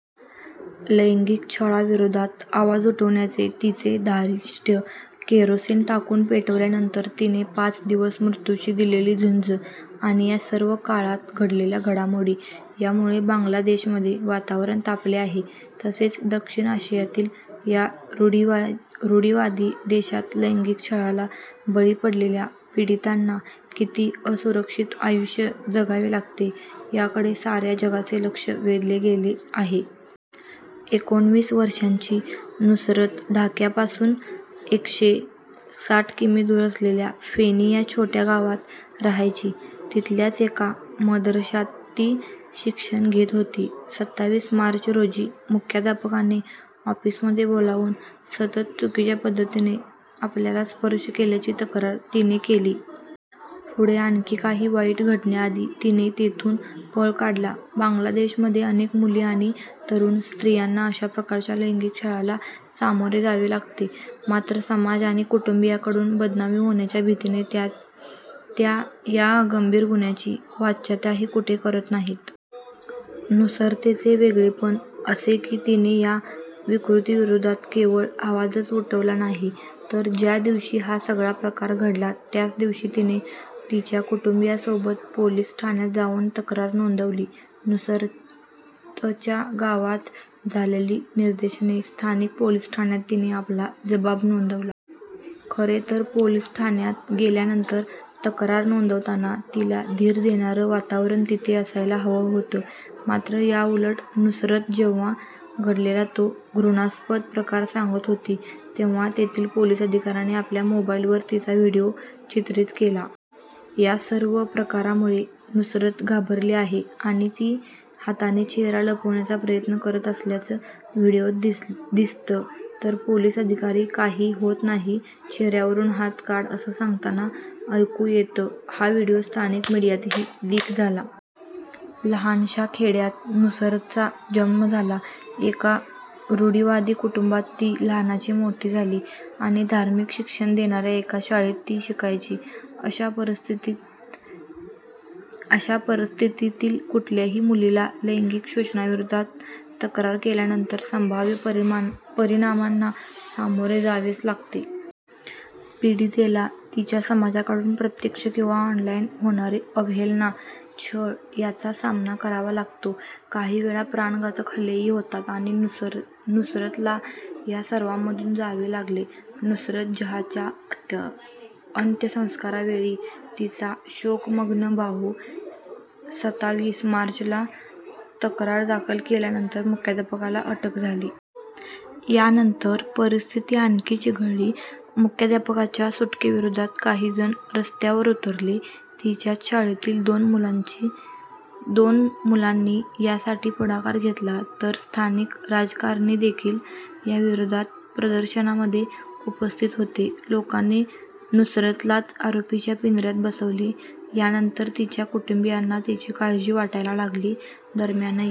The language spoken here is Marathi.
लैंगिक छळाविरोधात आवाज उठवण्याचे तिचे धारिष्ट्य, केरोसीन टाकून पेटवल्यानंतर तिने पाच दिवस मृत्यूशी दिलेली झुंज आणि या सर्व काळात घडलेल्या घडामोडी, यामुळे बांगलादेशमध्ये वातावरण तापले आहे. तसेच दक्षिण आशियातील या रूढिवादी देशात लैंगिक छळाला बळी पडलेल्या पीडितांना किती असुरक्षित आयुष्य जगावे लागते, याकडे साऱ्या जगाचे लक्ष वेधले गेले आहे. एकोणविस वर्षांची नुसरत ढाक्यापासून एकशे साठ किमी दूर असलेल्या फेनी या छोट्या गावात राहायची. तिथल्याच एका मदरशात ती शिक्षण घेत होती. सताविस मार्च रोजी मुख्याध्यापकाने ऑफिसमध्ये बोलावून सतत चुकीच्या पद्धतीने आपल्याला स्पर्श केल्याची तक्रार तिने केली. पुढे आणखी काही वाईट घडण्याआधी तिने तिथून पळ काढला. बांगलादेशमध्ये अनेक मुली आणि तरुण स्त्रियांना अशा प्रकारच्या लैंगिक छळाला सामोरे जावे लागते. मात्र समाज आणि कुटुंबीयांकडून बदनामी होण्याच्या भीतीने त्या या गंभीर गुन्ह्याची वाच्यताही कुठे करत नाहीत. नुसरतचे वेगळेपण असे की तिने या विकृतीविरोधात केवळ आवाजच उठवला नाही तर ज्या दिवशी हा सगळा प्रकार घडला त्याच दिवशी तिने तिच्या कुटुंबीयांसोबत पोलीस ठाण्यात जाऊन तक्रार नोंदवली. नुसरतच्या गावात झालेली निदर्शने स्थानिक पोलीस ठाण्यात तिने आपला जबाब नोंदवला. खरेतर पोलीस ठाण्यात गेल्यानंतर तक्रार नोंदवताना तिला धीर देणारं वातावरण तिथे असायला हवं होतं. मात्र, याउलट नुसरत जेव्हा घडलेला तो घृणास्पद प्रकार सांगत होती तेव्हा तेथील पोलीस अधिकाऱ्याने आपल्या मोबाईलवर तिचा व्हिडिओ चित्रित केला. या सर्व प्रकारामुळे नुसरत घाबरली आहे आणि ती हाताने चेहरा लपवण्याचा प्रयत्न करत असल्याचं व्हिडिओत दिसतं. तर पोलीस अधिकारी काही होत नाही, चेहऱ्यावरून हात काढ, असं सांगताना ऐकू येतं. हा व्हिडिओ स्थानिक मीडियातही लीक झाला. लहानशा खेड्यात नुसरतचा जन्म झाला. एका रूढिवादी कुटुंबात ती लहानाची मोठी झाली आणि धार्मिक शिक्षण देणाऱ्या एका शाळेत ती शिकायची. अशा परिस्थितीतील कुठल्याही मुलीला लैंगिक शोषणाविरोधात तक्रार केल्यानंतर संभाव्य परिणामांना सामोरे जावेच लागते. पीडितेला तिच्या समाजाकडून प्रत्यक्ष किंवा ऑनलाईन होणारी अवहेलना, छळ याचा सामना करावा लागतो. काही वेळा प्राणघातक हल्लेही होतात आणि नुसरतला या सर्वांमधून जावे लागले. नुसरत जहाँच्या अंत्यसंस्कारावेळी तिचा शोकमग्न भाऊ सताविस मार्चला तक्रार दाखल केल्यानंतर मुख्याध्यापकाला अटक झाली. यानंतर परिस्थिती आणखी चिघळली. मुख्यध्यापकाच्या सुटकेविरोधात काही जण रस्त्यावर उतरले. तिच्याच शाळेतील दोन मुलांनी यासाठी पुढाकार घेतला. तर स्थानिक राजकारणीदेखील या विरोधात प्रदर्शनामध्ये उपस्थित होते. लोकांनी नुसरतलाच आरोपीच्या पिंजऱ्यात बसवले. यानंतर तिच्या कुटुंबीयांना तिची काळजी वाटायला लागली. दरम्यान, या